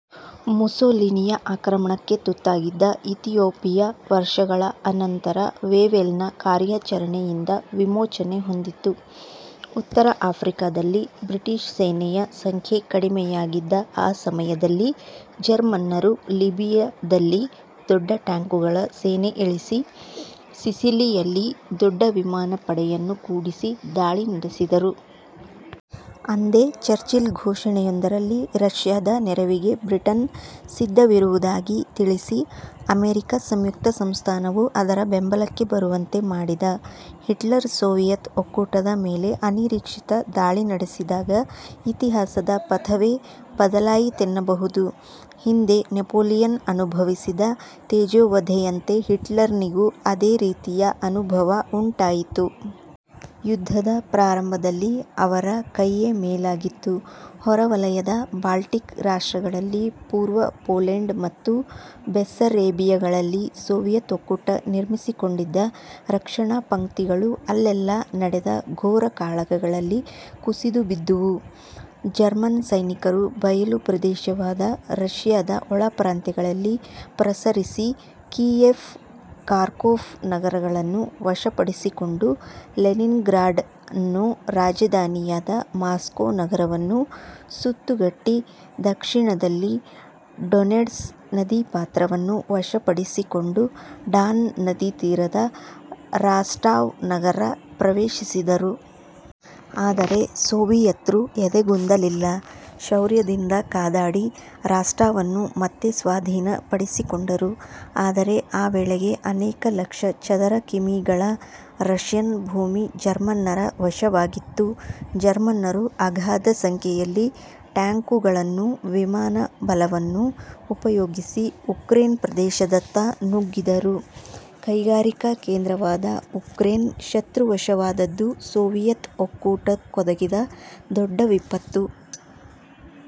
ಮುಸೋಲಿನಿಯ ಆಕ್ರಮಣಕ್ಕೆ ತುತ್ತಾಗಿದ್ದ ಇಥಿಯೋಪಿಯ ವರ್ಷಗಳ ಅನಂತರ ವೇವೆಲ್ನ ಕಾರ್ಯಾಚರಣೆಯಿಂದ ವಿಮೋಚನೆ ಹೊಂದಿತು. ಉತ್ತರ ಆಫ್ರಿಕದಲ್ಲಿ ಬ್ರಿಟಿಷ್ ಸೇನೆಯ ಸಂಖ್ಯೆ ಕಡಿಮೆಯಾಗಿದ್ದ ಆ ಸಮಯದಲ್ಲಿ ಜರ್ಮನ್ನರು ಲಿಬಿಯ ದಲ್ಲಿ ದೊಡ್ಡ ಟ್ಯಾಂಕುಗಳ ಸೇನೆ ಇಳಿಸಿ, ಸಿಸಿಲಿ ಯಲ್ಲಿ ದೊಡ್ಡ ವಿಮಾನ ಪಡೆಯನ್ನು ಕೂಡಿಸಿ ದಾಳಿ ನಡೆಸಿದರು. ಅಂದೇ ಚರ್ಚಿಲ್ ಘೋಷಣೆಯೊಂದರಲ್ಲಿ ರಷ್ಯದ ನೆರವಿಗೆ ಬ್ರಿಟನ್ ಸಿದ್ಧವಿರುವುದಾಗಿ ತಿಳಿಸಿ, ಅಮೆರಿಕ ಸಂಯುಕ್ತ ಸಂಸ್ಥಾನವು ಅದರ ಬೆಂಬಲಕ್ಕೆ ಬರುವಂತೆ ಮಾಡಿದ. ಹಿಟ್ಲರ್ ಸೋವಿಯತ್ ಒಕ್ಕೂಟದ ಮೇಲೆ ಅನಿರೀಕ್ಷಿತ ದಾಳಿ ನಡೆಸಿದಾಗ ಇತಿಹಾಸದ ಪಥವೇ ಬದಲಾಯಿತೆನ್ನಬಹುದು. ಹಿಂದೆ ನೆಪೋಲಿಯನ್ ಅನುಭವಿಸಿದ ತೇಜೋವಧೆಯಂತೆ ಹಿಟ್ಲರನಿಗೂ ಅದೇ ರೀತಿಯ ಅನುಭವ ಉಂಟಾಯಿತು. ಯುದ್ಧದ ಪ್ರಾರಂಭದಲ್ಲಿ ಅವರ ಕೈಯೇ ಮೇಲಾಗಿತ್ತು. ಹೊರವಲಯದ ಬಾಲ್ಟಿಕ್ ರಾಷ್ಷ್ರಗಳಲ್ಲಿ, ಪುರ್ವ ಪೋಲೆಂಡ್ ಮತ್ತು ಬೆಸ್ಸರೇಬಿಯಗಳಲ್ಲಿ ಸೋವಿಯತ್ ಒಕ್ಕೂಟ ನಿರ್ಮಿಸಿಕೊಂಡಿದ್ದ ರಕ್ಷಣಾ ಪಂಕ್ತಿಗಳು ಅಲ್ಲೆಲ್ಲ ನಡೆದ ಘೋರ ಕಾಳಗಗಳಲ್ಲಿ ಕುಸಿದುಬಿದ್ದುವು. ಜರ್ಮನ್ ಸೈನಿಕರು ಬಯಲು ಪ್ರದೇಶವಾದ ರಷ್ಯದ ಒಳಪ್ರಾಂತ್ಯಗಳಲ್ಲಿ ಪ್ರಸರಿಸಿ ಕೀಯೆಫ್, ಕಾರ್ಕೋಫ್ ನಗರಗಳನ್ನು ವಶಪಡಿಸಿಕೊಂಡು ಲೆನಿನ್ಗ್ರಾಡ್ ನ್ನೂ ರಾಜಧಾನಿಯಾದ ಮಾಸ್ಕೋ ನಗರವನ್ನೂ ಸುತ್ತುಗಟ್ಟಿ ದಕ್ಷಿಣದಲ್ಲಿ ಡೊನೆಡ್ಸ್ ನದೀಪಾತ್ರವನ್ನು ವಶಪಡಿಸಿಕೊಂಡು ಡಾನ್ ನದೀತೀರದ ರಾಸ್ಟಾವ್ ನಗರ ಪ್ರವೇಶಿಸಿದರು. ಆದರೆ ಸೋವಿಯತ್ರು ಎದೆಗುಂದಲಿಲ್ಲ. ಶೌರ್ಯದಿಂದ ಕಾದಾಡಿ ರಾಸ್ಟಾವನ್ನು ಮತ್ತೆ ಸ್ವಾಧೀನ ಪಡಿಸಿಕೊಂಡರು. ಆದರೆ ಆ ವೇಳೆಗೆ ಅನೇಕ ಲಕ್ಷ ಚದರ ಕಿಮೀಗಳ ರಷ್ಯನ್ ಭೂಮಿ ಜರ್ಮನ್ನರ ವಶವಾಗಿತ್ತು. ಜರ್ಮನ್ನರು ಅಗಾಧ ಸಂಖ್ಯೆಯಲ್ಲಿ ಟ್ಯಾಂಕುಗಳನ್ನೂ ವಿಮಾನ ಬಲವನ್ನೂ ಉಪಯೋಗಿಸಿ ಉಕ್ರೇನ್ ಪ್ರದೇಶದತ್ತ ನುಗ್ಗಿದರು. ಕೈಗಾರಿಕಾ ಕೇಂದ್ರವಾದ ಉಕ್ರೇನ್ ಶತ್ರುವಶವಾದದ್ದು ಸೋವಿಯತ್ ಒಕ್ಕೂಟಕ್ಕೊದಗಿದ ದೊಡ್ಡ ವಿಪತ್ತು.